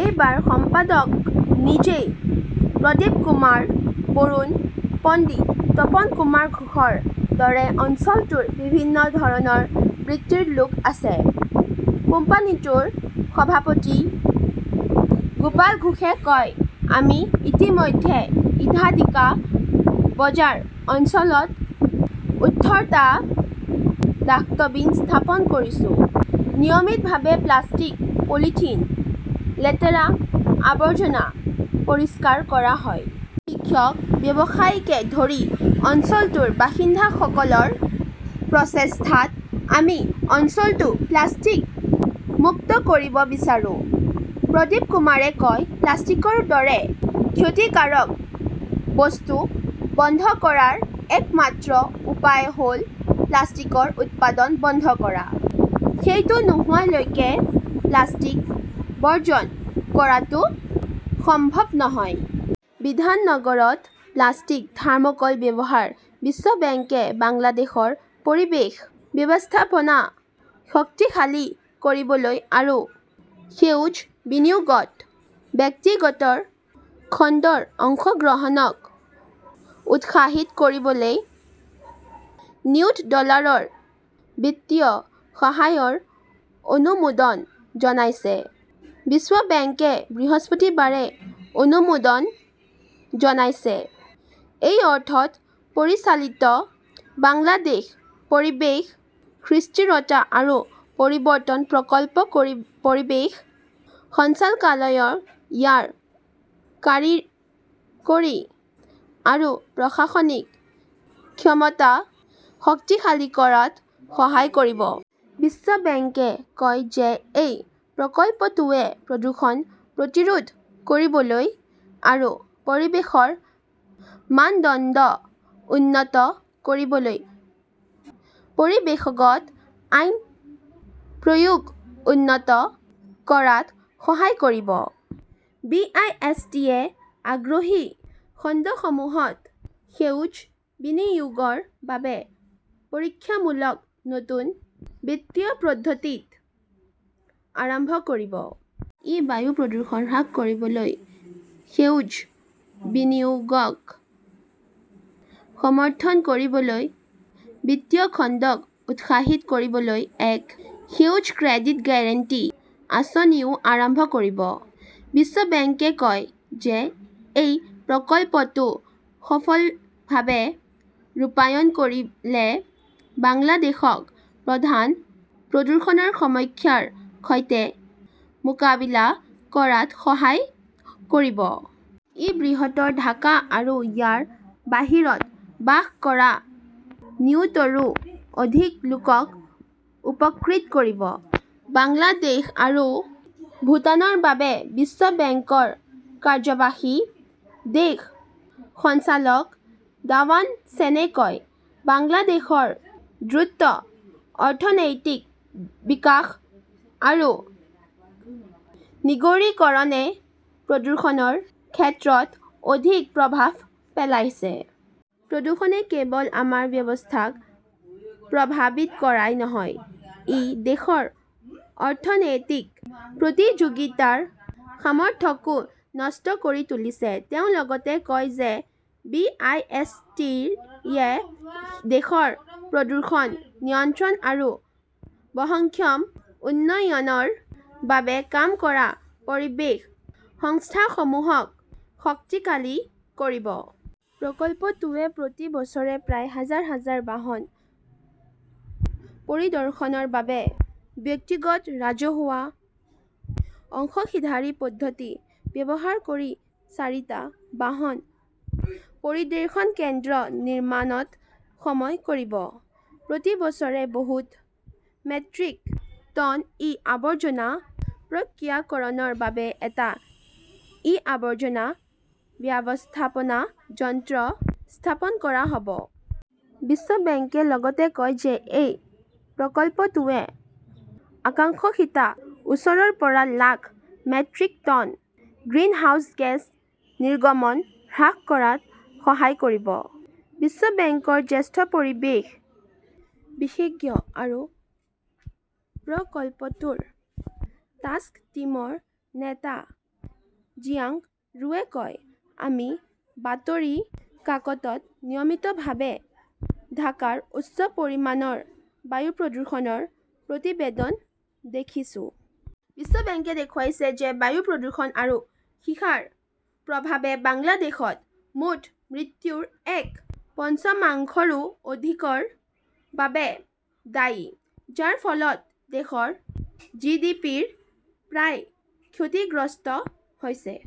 ইয়াৰ সম্পাদক নিজেই প্ৰদীপকুমাৰ। বৰুণ পণ্ডিত, তপনকুমাৰ ঘোষৰ দৰে অঞ্চলটোৰ বিভিন্ন ধৰণৰ বৃত্তিৰ লোক আছে। কোম্পানীটোৰ সভাপতি গোপাল ঘোষে কয়, আমি ইতিমধ্যে ইধাদিকা বজাৰ অঞ্চলত ওঠৰ টা ডাস্টবিন স্থাপন কৰিছো। নিয়মিতভাৱে প্লাষ্টিক, পলিথিন, লেতেৰা আৱৰ্জনা পৰিষ্কাৰ কৰা হয়। শিক্ষক, ব্যৱসায়ীকে ধৰি অঞ্চলটোৰ বাসিন্দাসকলৰ প্ৰচেষ্টাত আমি অঞ্চলটো প্লাষ্টিক মুক্ত কৰিব বিচাৰো। প্ৰদীপকুমাৰে কয়", প্লাষ্টিকৰ দৰে ক্ষতিকাৰক বস্তু বন্ধ কৰাৰ একমাত্ৰ উপায় হ'ল প্লাষ্টিকৰ উৎপাদন বন্ধ কৰা। "সেইটো নোহোৱালৈকে প্লাষ্টিক বৰ্জন কৰাটো সম্ভৱ নহয়। বিধাননগৰত প্লাষ্টিক, থাৰ্মকলৰ ব্যৱহাৰ বিশ্ব বেংকে বাংলাদেশৰ পৰিৱেশ ব্যৱস্থাপনা শক্তিশালী কৰিবলৈ আৰু সেউজ বিনিয়োগত ব্যক্তিগতৰ খণ্ডৰ অংশগ্ৰহণক উৎসাহিত কৰিবলৈ নিয়ুত ডলাৰৰ বিত্তীয় সহায়ৰ অনুমোদন জনাইছে। বিশ্ব বেংকে বৃহস্পতিবাৰে অনুমোদন জনাইছে। এই অৰ্থত পৰিচালিত বাংলাদেশ পৰিৱেশ খৃস্থিৰতা আৰু পৰিৱৰ্তন প্ৰকল্প পৰিৱেশ সঞ্চালকালয়ক ইয়াৰ কাৰিকৰী আৰু প্ৰশাসনিক ক্ষমতা শক্তিশালী কৰাত সহায় কৰিব। বিশ্ব বেংকে কয় যে এই প্ৰকল্পটোৱে প্ৰদূষণ প্ৰতিৰোধ কৰিবলৈ আৰু পৰিৱেশৰ মানদণ্ড উন্নত কৰিবলৈ পৰিৱেশগত আইন-প্ৰয়োগ উন্নত কৰাত সহায় কৰিব। বি. ই. এছ. টি. -য়ে আগ্ৰহী খণ্ডসমূহত সেউজ বিনিয়োগৰ বাবে পৰীক্ষামূলক নতুন বিত্তীয় পদ্ধতি আৰম্ভ কৰিব। ই বায়ু প্ৰদূষণ হ্ৰাস কৰিবলৈ সেউজ বিনিয়োগক সমৰ্থন কৰিবলৈ বিত্তীয় খণ্ডক উৎসাহিত কৰিবলৈ এক সেউজ ক্ৰেডিট গেৰাণ্টি আঁচনিও আৰম্ভ কৰিব। বিশ্ব বেংকে কয় যে এই প্ৰকল্পটো সফলভাৱে ৰূপায়ণ কৰিলে বাংলাদেশক প্ৰধান প্ৰদূষণৰ সমখ্যাৰ সৈতে মোকাবিলা কৰাত সহায় কৰিব। ই বৃহত্তৰ ঢাকা আৰু ইয়াৰ বাহিৰত বাস কৰা নিয়ুতৰো অধিক লোকক উপকৃত কৰিব। বাংলাদেশ আৰু ভূটানৰ বাবে বিশ্ব বেংকৰ কাৰ্যবাহী দেশ সঞ্চালক ডামান চেনে কয়, বাংলাদেশৰ দ্ৰুত অৰ্থনৈতিক বিকাশ আৰু নগৰীকৰণে প্ৰদূষণৰ ক্ষেত্ৰত অধিক প্ৰভাৱ পেলাইছে। প্ৰদূষণে কেৱল আমাৰ স্বাস্থ্যক প্ৰভাৱিত কৰাই নহয়, ই দেশৰ অৰ্থনৈতিক প্ৰতিযোগিতাৰ সামৰ্থ্যকো নষ্ট কৰি তুলিছে। তেওঁ লগতে কয় যে বি. এই. এছ. টি. -য়ে দেশৰ প্ৰদূষণ নিয়ন্ত্ৰণ আৰু বহনক্ষম উন্নয়নৰ বাবে কাম কৰা পৰিৱেশ সংস্থাসমূহক শক্তিশালী কৰিব। প্ৰকল্পটোৱে প্ৰতি বছৰে প্ৰায় হাজাৰ- হাজাৰ বাহন পৰিদৰ্শনৰ বাবে ব্যক্তিগত-ৰাজহুৱা অংশশীদাৰী পদ্ধতি ব্যৱহাৰ কৰি চাৰিটা বাহন পৰিদেৰ্শন কেন্দ্ৰ নিৰ্মাণত সময় কৰিব। প্ৰতি বছৰে বহুত মেট্ৰিক টন ই-আৱৰ্জনা প্ৰক্ৰিয়াকৰণৰ বাবে এটা ই-আৱৰ্জনা ব্যৱস্থাপনা যন্ত্ৰ স্থাপন কৰা হ 'ব। বিশ্ব বেংকে লগতে কয় যে এই প্ৰকল্পটোৱে আকাংশশিত উচৰৰ পৰা lakh metric tonne greenhouse gas নিৰ্গমন হ্ৰাস কৰাত সহায় কৰিব। বিশ্ব বেংকৰ জ্যেষ্ঠ পৰিৱেশ বিশেষজ্ঞ আৰু প্ৰকল্পটোৰ টাস্ক টিমৰ নেতা জিয়াং ৰুৱে কয়, আমি বাতৰি কাকতত নিয়মিতভাৱে ঢাকাৰ উচ্চ পৰিমাণৰ বায়ু প্ৰদূষণৰ প্ৰতিবেদন দেখিছোঁ। বিশ্ব বেংকে দেখুৱাইছে যে বায়ু প্ৰদূষণ আৰু সীসাৰ প্ৰভাৱে বাংলাদেশত মুঠ মৃত্যুৰ এক পঞ্চমাংশৰো অধিকৰ বাবে দায়ী, যাৰ ফলত দেশৰ জিডিপিৰ প্ৰায় ক্ষতিগ্ৰস্ত হৈছে।